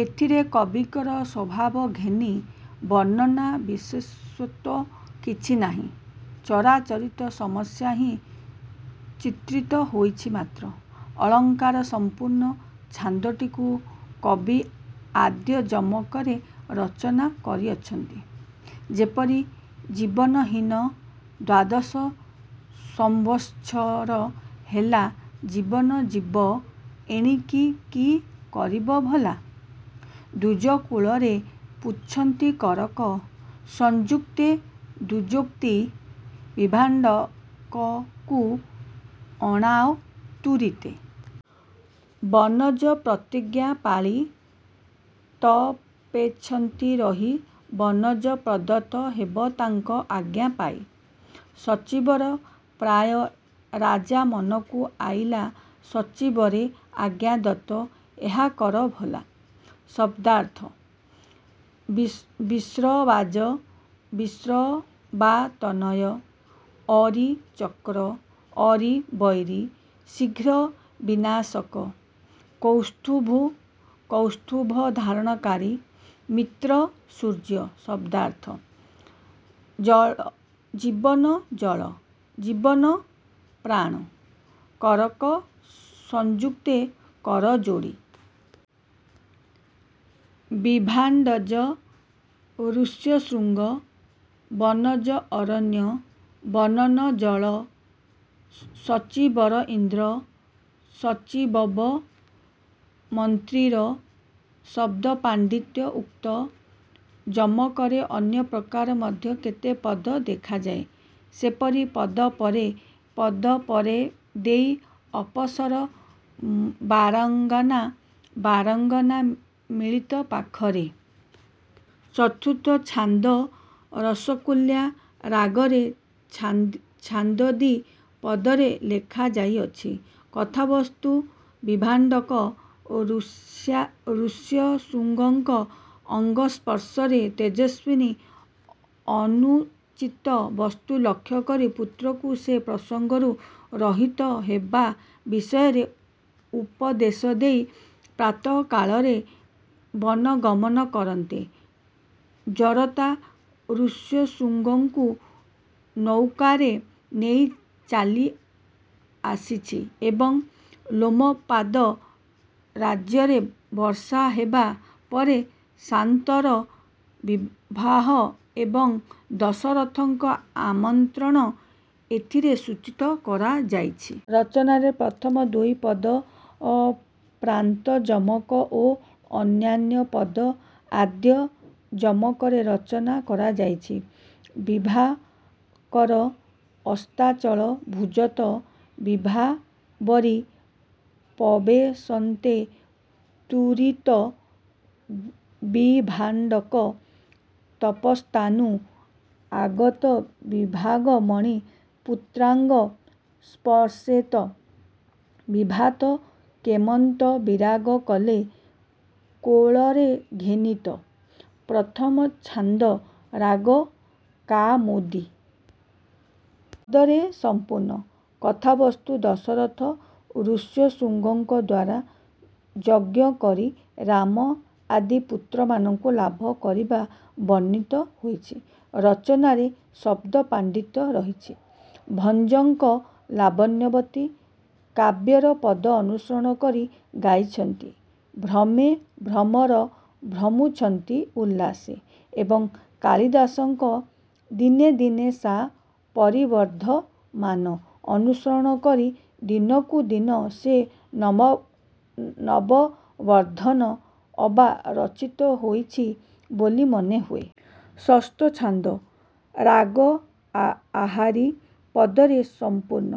ଏଥିରେ କବିଙ୍କର ସ୍ୱଭାବଘେନି ବର୍ଣ୍ଣନା ବିଶେଷତ୍ୱ କିଛି ନାହିଁ। ଚିରାଚରିତ ସମସ୍ୟା ହିଁ ଚିତ୍ରିତ ହୋଇଛି ମାତ୍ର। ଅଳଙ୍କାର-ସଂପୂର୍ଣ୍ଣ ଛାନ୍ଦଟିକୁ କବି ଆଦ୍ୟ ଯମକରେ ରଚନା କରିଅଛନ୍ତି। ଯେପରି- ଜୀବନହୀନ ଦ୍ୱାଦଶ ସମ୍ୱତ୍ସର ହେଲା ଜୀବନ ଯିବ ଏଣିକି କି କରିବ ଭଲା। ଦ୍ୱିଜକୁଳରେ ପୁଚ୍ଛନ୍ତି କରକ ସଂଯୁକ୍ତେ ଦ୍ୱିଜୋକ୍ତି ବିଭାଣ୍ଡକକୁ ଅଣାଅ ତୁରିତେ। ବନଜ ପିତାଜ୍ଞା ପାଳି ତପେଛନ୍ତି ରହି ବନଜ ପ୍ରଦତ୍ତ ହେବ ତାଙ୍କ ଆଜ୍ଞା ପାଇ। ଶଚିବର ପ୍ରାୟ ରାଜା ମନକୁ ଅଇଲା ସଚୀବରେ ଆଜ୍ଞାଦତ୍ତ ଏହା କର ଭଲା। ଶବ୍ଦାର୍ଥ। ବିଶ୍ରବାଜ-ବିଶ୍ରବାତନୟ। ଅରି-ଚକ୍ର। ଅରି-ବୈରୀ, ଶୀଘ୍ର ବିନାଶକ। କୌସ୍ତ୍ୱଭୂ-କୌସ୍ତୁଭଧାରଣକାରୀ। ମିତ୍ର-ସୂର୍ଯ୍ୟ। ଶବ୍ଦାର୍ଥ। ଜୀବନ-ଜଳ। ଜୀବନ-ପ୍ରାଣ। କରକ ସଂପୁକ୍ତେ-କରଯୋଡ଼ି। ବିଭାଣ୍ଡଜ-ଋଷ୍ୟଶୃଙ୍ଗ। ବନଜ-ଅରଣ୍ୟ। ବନନ-ଜଳ। ଶଚିବର-ଇନ୍ଦ୍ର। ସଚୀବବ- ମନ୍ତ୍ରୀର। ଶବ୍ଦ ପାଣ୍ଡିତ୍ୟ- ଉକ୍ତ ଯମକରେ ଅନ୍ୟ ପ୍ରକାର ମଧ୍ୟ କେତେ ପଦ ଦେଖାଯାଏ। ସେପରି- ପାଦପରେ ପାଦପରେ ଦେଇ ଅପସର ବାରାଙ୍ଗନା ବାରାଙ୍ଗନା ମିଳିଲେ ପାଖର। ଚତୁର୍ଥ ଛାନ୍ଦ-ରସକୁଲ୍ୟା ରାଗରେ ଛାନ୍ଦଟି ପଦରେ ଲେଖା ଯାଇଅଛି। କଥାବସ୍ତୁ-ବିଭାଣ୍ଡକ ଋଷ୍ୟଶୃଙ୍ଗଙ୍କ ଅଙ୍ଗସ୍ପର୍ଶରେ ତପସ୍ୱୀଜନ ଅନୁଚିତ ବସ୍ତୁ ଲକ୍ଷ୍ୟ କରି ପୁତ୍ରକୁ ସେ ପ୍ରସଙ୍ଗରୁ ରହିତ ହେବା ବିଷୟରେ ଉପଦେଶ ଦେଇ ପ୍ରାତଃକାଳରେ ବନଗମନ କରନ୍ତେ, ଜରତା ୠଷ୍ୟଶୃଙ୍ଗଙ୍କୁ ନୌକାରେ ନେଇ ଚାଲିଆସିଛି ଏବଂ ଲୋମପାଦ ରାଜ୍ୟରେ ବର୍ଷା ହେବା ପରେ ଶାନ୍ତାର ବିବାହ ଏବଂ ଦଶରଥଙ୍କର ଆମନ୍ତ୍ରଣ ଏଥିରେ ସୂଚିତ କରାଯାଇଛି। ରଚନାରେ ପ୍ରଥମ ଦୁଇ ପଦ ପ୍ରାନ୍ତଯମକ ଓ ଅନ୍ୟାନ୍ୟ ପଦ ଆଦ୍ୟ ଯମକରେ ରଚନା କରାଯାଇଛି। ବିଭାକର ଅସ୍ତାଚଳ ଭଜୁତ ବିଭାବରୀ ପବେଶନ୍ତେ ତୁରିତ ବିଭାଣ୍ଡକ ତପସ୍ଥାନୁ ଆଗତ ବିଭାବ ମଣି ପୁତ୍ରାଙ୍ଗ ସ୍ପର୍ଶେତ। ବିଭାତ କେମନ୍ତ ବିରାଗ କଲେ କୋଳରେ ଘେନିତ। ପଞ୍ଚମ ଛାନ୍ଦ-ରାଗ କାମୋଦି। ପଦରେ ସମ୍ପୂର୍ଣ୍ଣ। କଥାବସ୍ତୁ- ଦଶରଥ ଋଷ୍ୟଶୃଙ୍ଗଙ୍କଦ୍ୱାରା ଯଜ୍ଞ କରି ରାମ ଆଦି ପୁତ୍ରମାନଙ୍କୁ ଲାଭ କରିବା ବର୍ଣ୍ଣିତ ହୋଇଛି। ରଚନାରେ ଶବ୍ଦପାଣ୍ଡିତ୍ୟ ରହିଛି। ଭଞ୍ଜଙ୍କ ଲାବଣ୍ୟବତୀ କାବ୍ୟର ପଦ ଅନୁସରଣ କରି ଗାଇଛନ୍ତି- ''ଭ୍ରମେ ଭ୍ରମର ଭ୍ରମୁଛନ୍ତି ଉଲ୍ଲାସେ" ଏବଂ କାଳିଦାସଙ୍କ ''ଦିନେ ଦିନେ ସା ପରିବର୍ଦ୍ଧମାନା"ଅନୁସରଣ କରି ''ଦିନକୁ ଦିନ ସହ ନବ ବର୍ଦ୍ଧନ" ଅବା ରଚିତ ହୋଇଛି ବୋଲି ମନେ ହୁଏ। ଷଷ୍ଠ ଛାନ୍ଦ-ରାଗ ଆହାରୀ। ପଦରେ ସଂପୂର୍ଣ୍ଣ।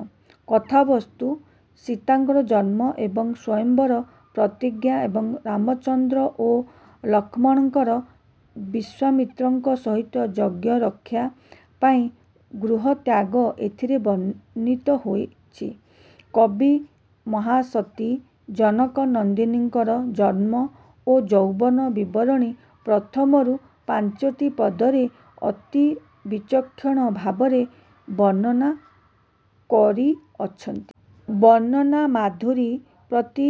କଥାବସ୍ତୁ-ସୀତାଙ୍କର ଜନ୍ମ ଏବଂ ସ୍ୱୟଂମ୍ବର ପ୍ରତିଜ୍ଞା ଏବଂ ରାମଚନ୍ଦ୍ର ଓ ଲକ୍ଷ୍ମଣଙ୍କର ବିଶ୍ୱାମିତ୍ରଙ୍କ ସହିତ ଯଜ୍ଞରକ୍ଷା ପାଇଁ ଗୃହତ୍ୟାଗ ଏଥିରେ ବର୍ଣ୍ଣିତ ହୋଇଛି। କବି ମହାସତୀ ଜନକନନ୍ଦିନୀଙ୍କର ଜନ୍ମ ଓ ଯୌବନ ବିବରଣୀ ପ୍ରଥମରୁ ପାଞ୍ଚଟି ପଦରେ ଅତି ବିଚକ୍ଷଣ ଭାବରେ ବର୍ଣ୍ଣନା କରିଅଛନ୍ତି। ବର୍ଣ୍ଣନାମାଧୁରୀ ପ୍ରତି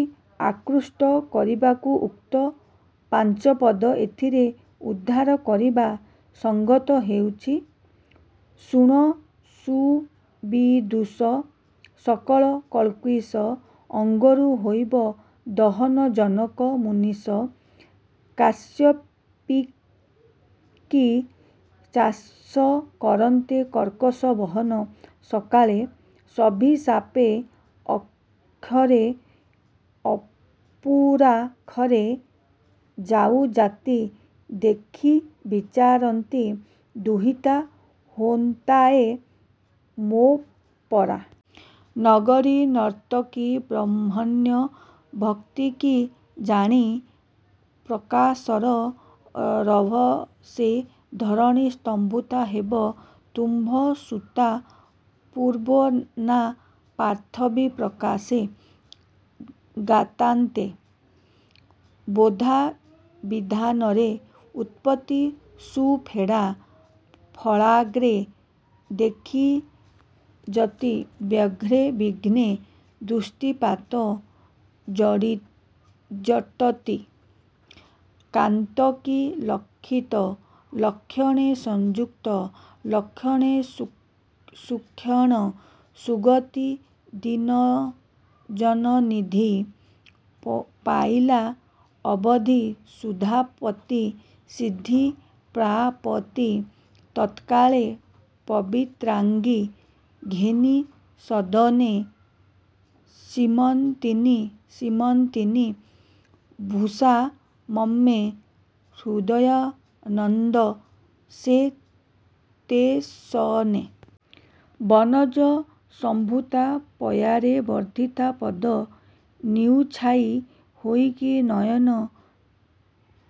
ଆକୃଷ୍ଟ କରିବାକୁ ଉକ୍ତ ପାଞ୍ଚପଦ ଏଥିରେ ଉଦ୍ଧାର କରିବା ସଙ୍ଗତ ହେଉଛି- ''ଶୁଣ ସୁବିଦୁଷ ସକଳ କଳ୍ବିଷ ଅଙ୍ଗରୁ ହୋଇବ ଦହନ ଜନକ ମୁନୀଶ କାଶ୍ୟପୀକି ଚାଷ କରନ୍ତେ କର୍କଶ ବହନ ସକାଳେ, ସଭିଶାପେ ଖରେ ଅପୁରା ଖରେ ଯାଉଁ ଯତି ଦେଖି ବିଚାରନ୍ତି ଦୁହିତା ହୋନ୍ତାଏ ମୋ ପରା। ନଗରୀନର୍ତ୍ତକୀ ବ୍ରହ୍ମଣ୍ୟ ଭକ୍ତିକି ଜାଣି ପ୍ରକାଶର ରଭସେ ଧରଣୀ ସମ୍ଭୂତା ହେବ ତୁମ୍ଭ ସୁତା ପୂର୍ବୁ ନାଁ ପାର୍ଥବୀ ପ୍ରକାଶେ ଗତାନ୍ତେ। ବେଧା ବିଧାନରେ ଉତ୍ପତ୍ତି ସୁଫେଡ଼ା ଫଳାଗ୍ରେ ଦେଖି ଯତି ବ୍ୟଗ୍ରେ ବିଘ୍ନେ ଦୃଷ୍ଟିପାତ ଝଟତି। କାନ୍ତିକି ଲକ୍ଷିତ ଲକ୍ଷଣେ ସଂଯୁକ୍ତ ଲକ୍ଷଣେ ସୁକ୍ଷେଣ ସୁଗତି ଦୀନଜନ ନିଧି ପାଇଲା ଅବଧି ସୁଧାପତି ସିଦ୍ଧି ପ୍ରାପତି ତତ୍କାଳେ, ପବିତ୍ରାଙ୍ଗି ଘେନି ସଦନେ ସୀମନ୍ତିନୀ-ସୀମନ୍ତିନୀ ଭୂଷା ମମ୍ମେ 'ହୃଦୟାନନ୍ଦ ସେ ତେସନେ। ବନଜସମ୍ଭୂତା ପରାୟେ ବର୍ଦ୍ଧିତା ପଦ ନିଉଛାଇ ହୋଇକି ନୟନ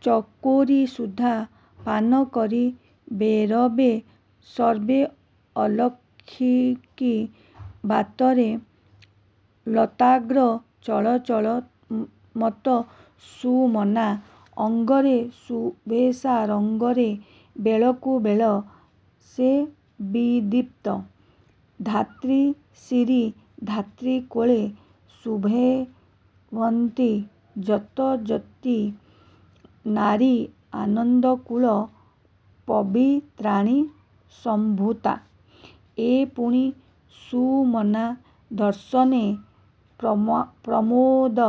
ଚକୋରୀ ସୁଧା ପାନକରି ବେରବେ ସର୍ବେ ଅଲକ୍ଷକି ବାତରେ, ଲତାଗ୍ର ଚଳଚଳ ମତ ସୁମନା ଅଙ୍ଗରେ ସୁଶୋଭା ରଙ୍ଗରେ ବେଳକୁ ବେଳ ସେ ବିଦୀପ୍ତ। ଧାତ୍ରୀ ଶିରୀ ଧାତ୍ରୀ କୋଳେ ସୁଶୋଭନ୍ତି ଯତି ଯତି ନାରୀ ଆନନ୍ଦ କୂଳ ପବିତ୍ରାଣୀ ସମ୍ଭୂତା ଏ ପୁଣି ସୁମନା ଦର୍ଶନେ ପ୍ରମୋଦ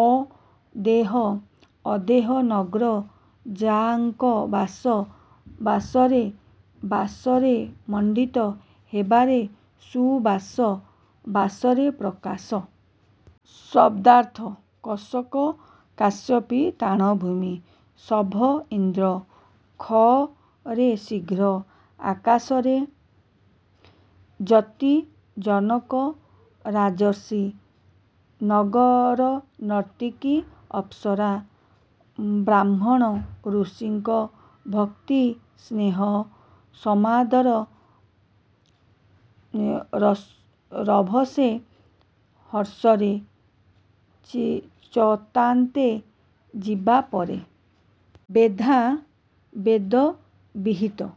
ଅଦେହ, ଅଦେହ ନଗ୍ରେ ଯାଙ୍କ ବାସ ବାସରେ ବାସରେ ମଣ୍ଡିତ ହେବାରେ ସୁବାସ ବାସରେ ପ୍ରକାଶ। ଶଦ୍ଦାର୍ଥ। କକଶ କାଶ୍ୟପୀ - ଟାଣଭୂମି। ସଭ - ଇନ୍ଦ୍ର। 'ଖ' ରେ - ଶୀଘ୍ର, ଆକାଶରେ। ଯତି - ଜନକ ରାଜର୍ଷି। ନଗରୀନର୍ତ୍ତକୀ - ଅପ୍ସରା। ବ୍ରାହ୍ମଣ୍ୟ - ଋଷିଙ୍କ। ଭକ୍ତି - ସ୍ନେହ, ସମାଦର। ରଭସେ - ହର୍ଷରେ। ଚତାନ୍ତେ - ଯିବାପରେ। ବେଧା - ବେଦବିହିତ।